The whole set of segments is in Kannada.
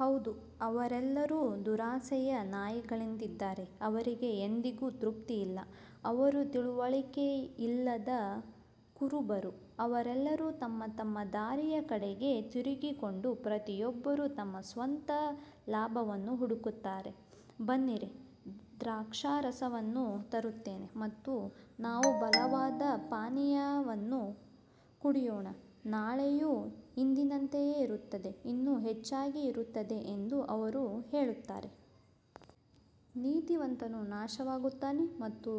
ಹೌದು, ಅವರೆಲ್ಲರೂ ದುರಾಸೆಯ ನಾಯಿಗಳಂತಿದ್ದಾರೆ, ಅವರಿಗೆ ಎಂದಿಗೂ ತೃಪ್ತಿಯಿಲ್ಲ. ಅವರು ತಿಳುವಳಿಕೆಯಿಲ್ಲದ ಕುರುಬರು. ಅವರೆಲ್ಲರೂ ತಮ್ಮ ತಮ್ಮ ದಾರಿಯ ಕಡೆಗೆ ತಿರುಗಿಕೊಂಡು, ಪ್ರತಿಯೊಬ್ಬರೂ ತಮ್ಮ ಸ್ವಂತ ಲಾಭವನ್ನು ಹುಡುಕುತ್ತಾರೆ. ಬನ್ನಿರಿ, ದ್ರಾಕ್ಷಾರಸವನ್ನು ತರುತ್ತೇನೆ ಮತ್ತು ನಾವು ಬಲವಾದ ಪಾನೀಯವನ್ನು ಕುಡಿಯೋಣ. ನಾಳೆಯೂ ಇಂದಿನಂತೆಯೇ ಇರುತ್ತದೆ, ಇನ್ನೂ ಹೆಚ್ಚಾಗಿ ಇರುತ್ತದೆ ಎಂದು ಅವರು ಹೇಳುತ್ತಾರೆ. ನೀತಿವಂತನು ನಾಶವಾಗುತ್ತಾನೆ ಮತ್ತು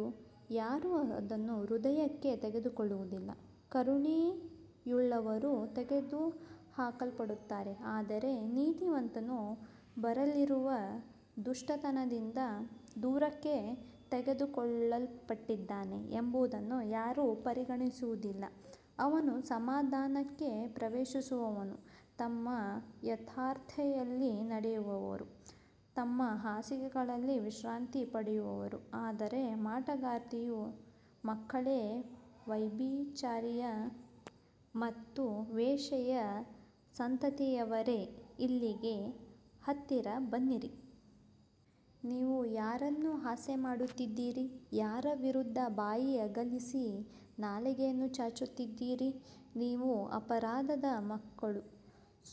ಯಾರೂ ಅದನ್ನು ಹೃದಯಕ್ಕೆ ತೆಗೆದುಕೊಳ್ಳುವುದಿಲ್ಲ. ಕರುಣೆಯುಳ್ಳವರು ತೆಗೆದುಹಾಕಲ್ಪಡುತ್ತಾರೆ, ಆದರೆ ನೀತಿವಂತನು ಬರಲಿರುವ ದುಷ್ಟತನದಿಂದ ದೂರಕ್ಕೆ ತೆಗೆದುಕೊಳ್ಳಲ್ಪಟ್ಟಿದ್ದಾನೆ ಎಂಬುದನ್ನು ಯಾರೂ ಪರಿಗಣಿಸುವುದಿಲ್ಲ. ಅವನು ಸಮಾಧಾನಕ್ಕೆ ಪ್ರವೇಶಿಸುವನು. ತಮ್ಮ ಯಥಾರ್ಥತೆಯಲ್ಲಿ ನಡೆಯುವವರು ತಮ್ಮ ಹಾಸಿಗೆಗಳಲ್ಲಿ ವಿಶ್ರಾಂತಿ ಪಡೆಯುವರು. ಆದರೆ ಮಾಟಗಾರ್ತಿಯ ಮಕ್ಕಳೇ, ವ್ಯಭಿಚಾರಿಯ ಮತ್ತು ವೇಶ್ಯೆಯ ಸಂತತಿಯವರೇ, ಇಲ್ಲಿಗೆ ಹತ್ತಿರ ಬನ್ನಿರಿ. ನೀವು ಯಾರನ್ನು ಹಾಸ್ಯಮಾಡುತ್ತಿದ್ದೀರಿ? ಯಾರ ವಿರುದ್ಧ ಬಾಯಿ ಅಗಲಿಸಿ ನಾಲಿಗೆಯನ್ನು ಚಾಚುತ್ತಿದ್ದೀರಿ? ನೀವು ಅಪರಾಧದ ಮಕ್ಕಳೂ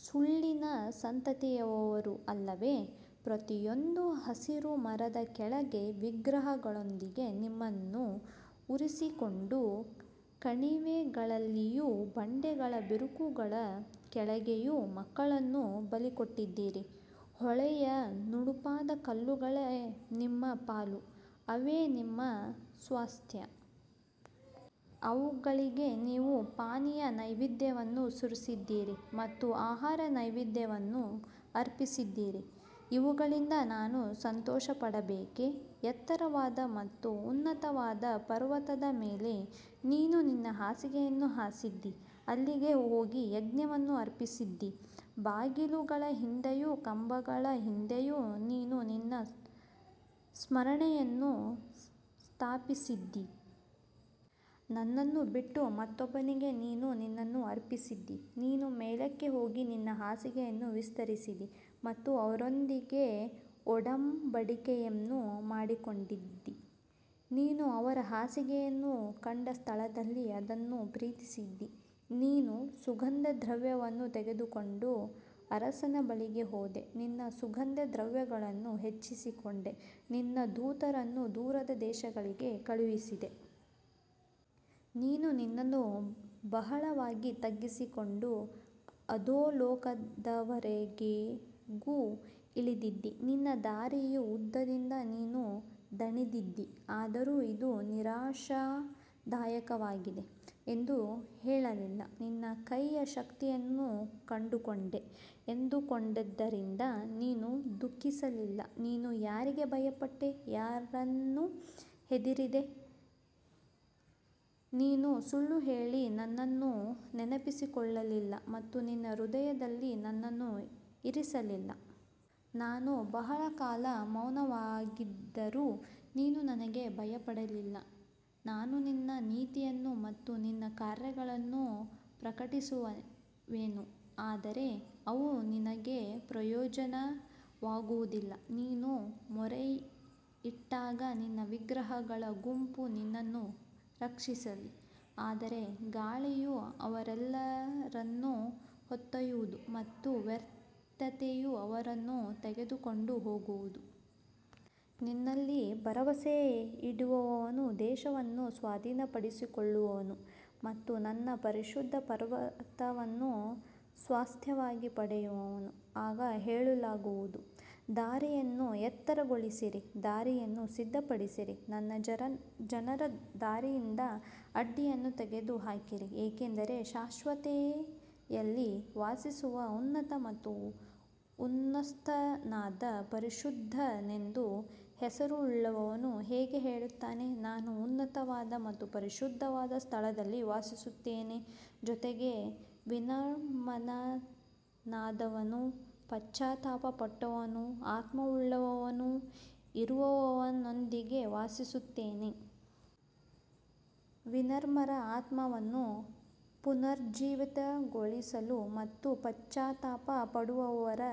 ಸುಳ್ಳಿನ ಸಂತತಿಯವರೂ ಅಲ್ಲವೇ? ಪ್ರತಿಯೊಂದು ಹಸಿರು ಮರದ ಕೆಳಗೆ ವಿಗ್ರಹಗಳೊಂದಿಗೆ ನಿಮ್ಮನ್ನು ಉರಿಸಿಕೊಂಡು, ಕಣಿವೆಗಳಲ್ಲಿಯೂ ಬಂಡೆಗಳ ಬಿರುಕುಗಳ ಕೆಳಗೆಯೂ ಮಕ್ಕಳನ್ನು ಬಲಿಕೊಟ್ಟಿದ್ದೀರಿ. ಹೊಳೆಯ ನುಣುಪಾದ ಕಲ್ಲುಗಳೇ ನಿಮ್ಮ ಪಾಲು; ಅವೇ ನಿಮ್ಮ ಸ್ವಾಸ್ತ್ಯ. ಅವುಗಳಿಗೆ ನೀವು ಪಾನೀಯ ನೈವೇದ್ಯವನ್ನು ಸುರಿಸಿದ್ದೀರಿ ಮತ್ತು ಆಹಾರ ನೈವೇದ್ಯವನ್ನು ಅರ್ಪಿಸಿದ್ದೀರಿ. ಇವುಗಳಿಂದ ನಾನು ಸಂತೋಷಪಡಬೇಕೇ? ಎತ್ತರವಾದ ಮತ್ತು ಉನ್ನತವಾದ ಪರ್ವತದ ಮೇಲೆ ನೀನು ನಿನ್ನ ಹಾಸಿಗೆಯನ್ನು ಹಾಸಿದ್ದೀ. ಅಲ್ಲಿಗೆ ಹೋಗಿ ಯಜ್ಞವನ್ನು ಅರ್ಪಿಸಿದ್ದೀ. ಬಾಗಿಲುಗಳ ಹಿಂದೆಯೂ ಕಂಬಗಳ ಹಿಂದೆಯೂ ನೀನು ನಿನ್ನ ಸ್ಮರಣೆಯನ್ನು ಸ್ಥಾಪಿಸಿದ್ದೀ. ನನ್ನನ್ನು ಬಿಟ್ಟು ಮತ್ತೊಬ್ಬನಿಗೆ ನೀನು ನಿನ್ನನ್ನು ಅರ್ಪಿಸಿದ್ದೀ. ನೀನು ಮೇಲಕ್ಕೆ ಹೋಗಿ ನಿನ್ನ ಹಾಸಿಗೆಯನ್ನು ವಿಸ್ತರಿಸಿದ್ದೀ ಮತ್ತು ಅವರೊಂದಿಗೆ ಒಡಂಬಡಿಕೆಯನ್ನು ಮಾಡಿಕೊಂಡಿದ್ದೀ. ನೀನು ಅವರ ಹಾಸಿಗೆಯನ್ನು ಕಂಡ ಸ್ಥಳದಲ್ಲಿ ಅದನ್ನು ಪ್ರೀತಿಸಿದ್ದೀ. ನೀನು ಸುಗಂಧದ್ರವ್ಯವನ್ನು ತೆಗೆದುಕೊಂಡು ಅರಸನ ಬಳಿಗೆ ಹೋದೆ. ನಿನ್ನ ಸುಗಂಧದ್ರವ್ಯಗಳನ್ನು ಹೆಚ್ಚಿಸಿಕೊಂಡೆ. ನಿನ್ನ ದೂತರನ್ನು ದೂರದ ದೇಶಗಳಿಗೆ ಕಳುಹಿಸಿದೆ. ನೀನು ನಿನ್ನನ್ನು ಬಹಳವಾಗಿ ತಗ್ಗಿಸಿಕೊಂಡು ಅಧೋಲೋಕದವರೆಗೂ ಇಳಿದಿದ್ದೀ. ನಿನ್ನ ದಾರಿಯ ಉದ್ದದಿಂದ ನೀನು ದಣಿದಿದ್ದೀ, ಆದರೂ ಇದು ನಿರಾಶಾದಾಯಕವಾಗಿದೆ ಎಂದು ಹೇಳಲಿಲ್ಲ. ನಿನ್ನ ಕೈಯ ಶಕ್ತಿಯನ್ನು ಕಂಡುಕೊಂಡೆ ಎಂದುಕೊಂಡದ್ದರಿಂದ ನೀನು ದುಃಖಿಸಲಿಲ್ಲ. ನೀನು ಯಾರಿಗೆ ಭಯಪಟ್ಟೆ? ಯಾರನ್ನು ಹೆದರಿದೆ? ನೀನು ಸುಳ್ಳು ಹೇಳಿ ನನ್ನನ್ನು ನೆನಪಿಸಿಕೊಳ್ಳಲಿಲ್ಲ ಮತ್ತು ನಿನ್ನ ಹೃದಯದಲ್ಲಿ ನನ್ನನ್ನು ಇರಿಸಲಿಲ್ಲ. ನಾನು ಬಹಳ ಕಾಲ ಮೌನವಾಗಿದ್ದರೂ ನೀನು ನನಗೆ ಭಯಪಡಲಿಲ್ಲ. ನಾನು ನಿನ್ನ ನೀತಿಯನ್ನು ಮತ್ತು ನಿನ್ನ ಕಾರ್ಯಗಳನ್ನು ಪ್ರಕಟಿಸುವೆನು, ಆದರೆ ಅವು ನಿನಗೆ ಪ್ರಯೋಜನವಾಗುವುದಿಲ್ಲ. ನೀನು ಮೊರೆಯಿಟ್ಟಾಗ ನಿನ್ನ ವಿಗ್ರಹಗಳ ಗುಂಪು ನಿನ್ನನ್ನು ರಕ್ಷಿಸಲಿ. ಆದರೆ ಗಾಳಿಯು ಅವರೆಲ್ಲರನ್ನು ಹೊತ್ತೊಯ್ಯುವುದು ಮತ್ತು ವ್ಯರ್ಥತೆಯು ಅವರನ್ನು ತೆಗೆದುಕೊಂಡು ಹೋಗುವುದು. ನನ್ನಲ್ಲಿ ಭರವಸೆಯಿಡುವವನು ದೇಶವನ್ನು ಸ್ವಾಧೀನಪಡಿಸಿಕೊಳ್ಳುವನು ಮತ್ತು ನನ್ನ ಪರಿಶುದ್ಧ ಪರ್ವತವನ್ನು ಸ್ವಾಸ್ತ್ಯವಾಗಿ ಪಡೆಯುವನು. ಆಗ ಹೇಳಲಾಗುವುದು: ದಾರಿಯನ್ನು ಎತ್ತರಗೊಳಿಸಿರಿ, ದಾರಿಯನ್ನು ಸಿದ್ಧಪಡಿಸಿರಿ, ನನ್ನ ಜನರ ದಾರಿಯಿಂದ ಅಡ್ಡಿಯನ್ನು ತೆಗೆದುಹಾಕಿರಿ. ಏಕೆಂದರೆ ಶಾಶ್ವತತೆಯಲ್ಲಿ ವಾಸಿಸುವ ಉನ್ನತ ಮತ್ತು ಉನ್ನತಸ್ಥನಾದ, ಪರಿಶುದ್ಧನೆಂಬ ಹೆಸರುಳ್ಳವನು ಹೀಗೆ ಹೇಳುತ್ತಾನೆ: ನಾನು ಉನ್ನತವಾದ ಮತ್ತು ಪರಿಶುದ್ಧವಾದ ಸ್ಥಳದಲ್ಲಿ ವಾಸಿಸುತ್ತೇನೆ; ಜೊತೆಗೆ ವಿನಮ್ರನಾದವನೂ ಪಶ್ಚಾತ್ತಾಪಪಡುವ ಆತ್ಮವುಳ್ಳವನೂ ಇರುವವನೊಂದಿಗೆ ವಾಸಿಸುತ್ತೇನೆ. ವಿನಮ್ರರ ಆತ್ಮವನ್ನು ಪುನರುಜ್ಜೀವನಗೊಳಿಸಲು ಮತ್ತು ಪಶ್ಚಾತ್ತಾಪಪಡುವವರ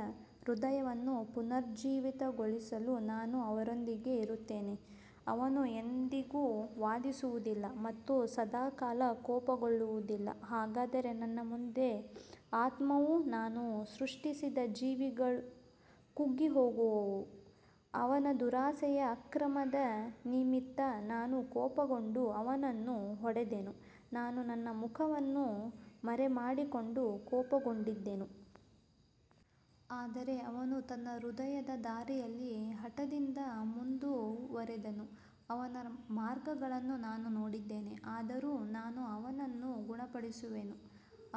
ಹೃದಯವನ್ನು ಪುನರುಜ್ಜೀವನಗೊಳಿಸಲು ನಾನು ಅವರೊಂದಿಗೆ ಇರುತ್ತೇನೆ. ನಾನು ಎಂದೆಂದಿಗೂ ವಾದಿಸುವುದಿಲ್ಲ ಮತ್ತು ಸದಾಕಾಲ ಕೋಪಗೊಳ್ಳುವುದಿಲ್ಲ. ಹಾಗಾದರೆ ನನ್ನ ಮುಂದೆ ಆತ್ಮವೂ ನಾನು ಸೃಷ್ಟಿಸಿದ ಜೀವಿಗಳೂ ಕುಗ್ಗಿಹೋಗುವವು. ಅವನ ದುರಾಸೆಯ ಅಕ್ರಮದ ನಿಮಿತ್ತ ನಾನು ಕೋಪಗೊಂಡು ಅವನನ್ನು ಹೊಡೆದೆನು. ನಾನು ನನ್ನ ಮುಖವನ್ನು ಮರೆಮಾಡಿಕೊಂಡು ಕೋಪಗೊಂಡಿದ್ದೆನು. ಆದರೆ ಅವನು ತನ್ನ ಹೃದಯದ ದಾರಿಯಲ್ಲಿ ಹಠದಿಂದ ಮುಂದುವರಿದನು. ಅವನ ಮಾರ್ಗಗಳನ್ನು ನಾನು ನೋಡಿದ್ದೇನೆ. ಆದರೂ ನಾನು ಅವನನ್ನು ಗುಣಪಡಿಸುವೆನು.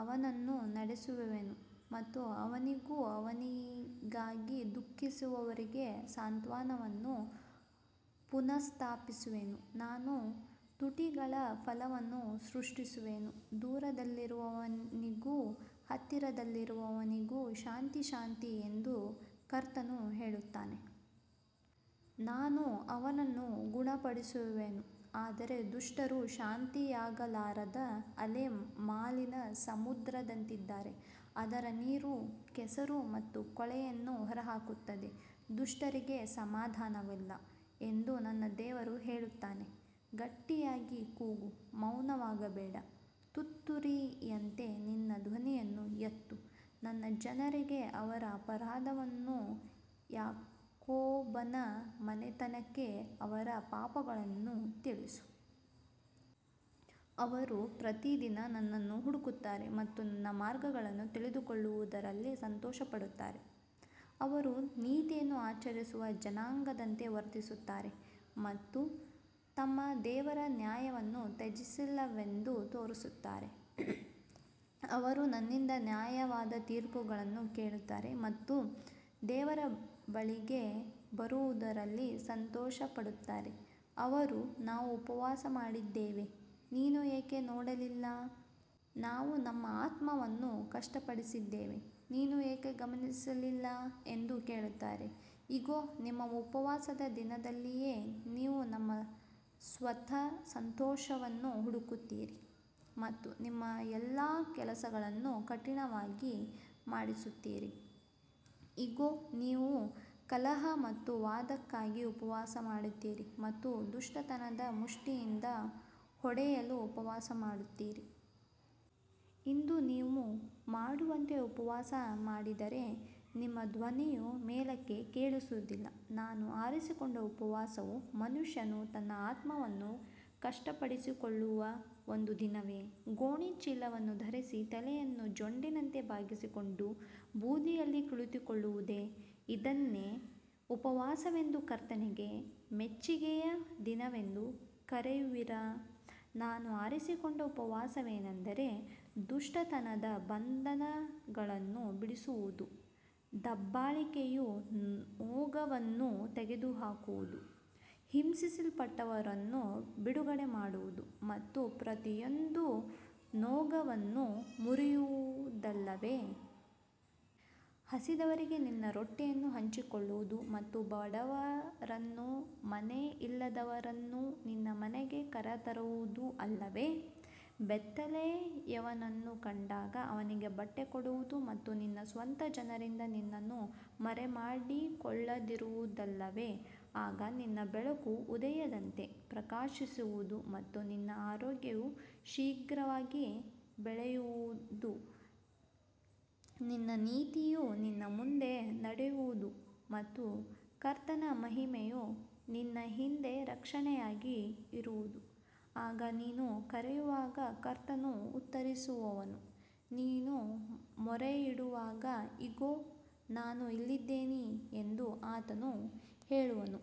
ಅವನನ್ನು ನಡೆಸುವೆನು ಮತ್ತು ಅವನಿಗೂ ಅವನಿಗಾಗಿ ದುಃಖಿಸುವವರಿಗೂ ಸಾಂತ್ವನವನ್ನು ಪುನಃಸ್ಥಾಪಿಸುವೆನು. ನಾನು ತುಟಿಗಳ ಫಲವನ್ನು ಸೃಷ್ಟಿಸುವೆನು. ದೂರದಲ್ಲಿರುವವನಿಗೂ ಹತ್ತಿರದಲ್ಲಿರುವವನಿಗೂ ಶಾಂತಿ, ಶಾಂತಿ ಎಂದು ಕರ್ತನು ಹೇಳುತ್ತಾನೆ. ನಾನು ಅವನನ್ನು ಗುಣಪಡಿಸುವೆನು. ಆದರೆ ದುಷ್ಟರು ಶಾಂತಿಯಾಗಲಾರದ ಅಲೆಮಾಲಿನ ಸಮುದ್ರದಂತಿದ್ದಾರೆ. ಅದರ ನೀರು ಕೆಸರು ಮತ್ತು ಕೊಳೆಯನ್ನು ಹೊರಹಾಕುತ್ತದೆ. ದುಷ್ಟರಿಗೆ ಸಮಾಧಾನವಿಲ್ಲ ಎಂದು ನನ್ನ ದೇವರು ಹೇಳುತ್ತಾನೆ. ಗಟ್ಟಿಯಾಗಿ ಕೂಗು, ಮೌನವಾಗಬೇಡ. ತುತ್ತೂರಿಯಂತೆ ನಿನ್ನ ಧ್ವನಿಯನ್ನು ಎತ್ತು. ನನ್ನ ಜನರಿಗೆ ಅವರ ಅಪರಾಧವನ್ನೂ ಯಾಕೋಬನ ಮನೆತನಕ್ಕೆ ಅವರ ಪಾಪಗಳನ್ನೂ ತಿಳಿಸು. ಅವರು ಪ್ರತಿದಿನ ನನ್ನನ್ನು ಹುಡುಕುತ್ತಾರೆ ಮತ್ತು ನನ್ನ ಮಾರ್ಗಗಳನ್ನು ತಿಳಿದುಕೊಳ್ಳುವುದರಲ್ಲಿ ಸಂತೋಷಪಡುತ್ತಾರೆ. ಅವರು ನೀತಿಯನ್ನು ಆಚರಿಸುವ ಜನಾಂಗದಂತೆ ವರ್ತಿಸುತ್ತಾರೆ ಮತ್ತು ತಮ್ಮ ದೇವರ ನ್ಯಾಯವನ್ನು ತ್ಯಜಿಸಿಲ್ಲವೆಂದು ತೋರಿಸುತ್ತಾರೆ. ಅವರು ನನ್ನಿಂದ ನ್ಯಾಯವಾದ ತೀರ್ಪುಗಳನ್ನು ಕೇಳುತ್ತಾರೆ ಮತ್ತು ದೇವರ ಬಳಿಗೆ ಬರುವುದರಲ್ಲಿ ಸಂತೋಷಪಡುತ್ತಾರೆ. ಅವರು, ನಾವು ಉಪವಾಸ ಮಾಡಿದ್ದೇವೆ, ನೀನು ಏಕೆ ನೋಡಲಿಲ್ಲ? ನಾವು ನಮ್ಮ ಆತ್ಮವನ್ನು ಕಷ್ಟಪಡಿಸಿದ್ದೇವೆ, ನೀನು ಏಕೆ ಗಮನಿಸಲಿಲ್ಲ? ಎಂದು ಕೇಳುತ್ತಾರೆ. ಇಗೋ, ನಿಮ್ಮ ಉಪವಾಸದ ದಿನದಲ್ಲಿಯೇ ನೀವು ನಿಮ್ಮ ಸ್ವಂತ ಸಂತೋಷವನ್ನು ಹುಡುಕುತ್ತೀರಿ ಮತ್ತು ನಿಮ್ಮ ಎಲ್ಲಾ ಕೆಲಸಗಳನ್ನು ಕಠಿಣವಾಗಿ ಮಾಡಿಸುತ್ತೀರಿ. ಇಗೋ, ನೀವು ಕಲಹ ಮತ್ತು ವಾದಕ್ಕಾಗಿ ಉಪವಾಸ ಮಾಡುತ್ತೀರಿ ಮತ್ತು ದುಷ್ಟತನದ ಮುಷ್ಟಿಯಿಂದ ಹೊಡೆಯಲು ಉಪವಾಸ ಮಾಡುತ್ತೀರಿ. ಇಂದು ನೀವು ಮಾಡುವಂತೆ ಉಪವಾಸ ಮಾಡಿದರೆ ನಿಮ್ಮ ಧ್ವನಿಯು ಮೇಲಕ್ಕೆ ಕೇಳಿಸುವುದಿಲ್ಲ. ನಾನು ಆರಿಸಿಕೊಂಡ ಉಪವಾಸವು ಮನುಷ್ಯನು ತನ್ನ ಆತ್ಮವನ್ನು ಕಷ್ಟಪಡಿಸಿಕೊಳ್ಳುವ ಒಂದು ದಿನವೇ? ಗೋಣಿಚೀಲವನ್ನು ಧರಿಸಿ ತಲೆಯನ್ನು ಜೊಂಡಿನಂತೆ ಬಾಗಿಸಿಕೊಂಡು ಬೂದಿಯಲ್ಲಿ ಕುಳಿತುಕೊಳ್ಳುವುದೇ? ಇದನ್ನೇ ಉಪವಾಸವೆಂದೂ ಕರ್ತನಿಗೆ ಮೆಚ್ಚಿಕೆಯ ದಿನವೆಂದೂ ಕರೆಯುವಿರಾ? ನಾನು ಆರಿಸಿಕೊಂಡ ಉಪವಾಸವೆಂದರೆ ದುಷ್ಟತನದ ಬಂಧನಗಳನ್ನು ಬಿಡಿಸುವುದು, ದಬ್ಬಾಳಿಕೆಯ ನೊಗವನ್ನು ತೆಗೆದುಹಾಕುವುದು, ಹಿಂಸಿಸಲ್ಪಟ್ಟವರನ್ನು ಬಿಡುಗಡೆ ಮಾಡುವುದು ಮತ್ತು ಪ್ರತಿಯೊಂದು ನೊಗವನ್ನು ಮುರಿಯುವುದಲ್ಲವೇ? ಹಸಿದವರಿಗೆ ನಿನ್ನ ರೊಟ್ಟಿಯನ್ನು ಹಂಚಿಕೊಳ್ಳುವುದು ಮತ್ತು ಬಡವರನ್ನೂ ಮನೆ ಇಲ್ಲದವರನ್ನೂ ನಿನ್ನ ಮನೆಗೆ ಕರೆತರುವುದು ಅಲ್ಲವೇ? ಬೆತ್ತಲೆಯವನನ್ನು ಕಂಡಾಗ ಅವನಿಗೆ ಬಟ್ಟೆ ನೀಡುವುದು ಮತ್ತು ನಿನ್ನ ಸ್ವಂತ ಜನರಿಂದ ನಿನ್ನನ್ನು ಮರೆಮಾಡಿಕೊಳ್ಳದಿರುವುದಲ್ಲವೇ? ಆಗ ನಿನ್ನ ಬೆಳಕು ಉದಯದಂತೆ ಪ್ರಕಾಶಿಸುವುದು ಮತ್ತು ನಿನ್ನ ಆರೋಗ್ಯವು ಶೀಘ್ರವಾಗಿ ಬೆಳೆಯುವುದು. ನಿನ್ನ ನೀತಿಯು ನಿನ್ನ ಮುಂದೆ ನಡೆಯುವುದು ಮತ್ತು ಕರ್ತನ ಮಹಿಮೆಯು ನಿನ್ನ ಹಿಂದೆ ರಕ್ಷಣೆಯಾಗಿ ಇರುವದು. ಆಗ ನೀನು ಕರೆಯುವಾಗ ಕರ್ತನು ಉತ್ತರಿಸುವನು. ನೀನು ಮೊರೆಯಿಡುವಾಗ, ಇಗೋ, ನಾನು ಇಲ್ಲಿದ್ದೇನೆ ಎಂದು ಆತನು ಹೇಳುವನು.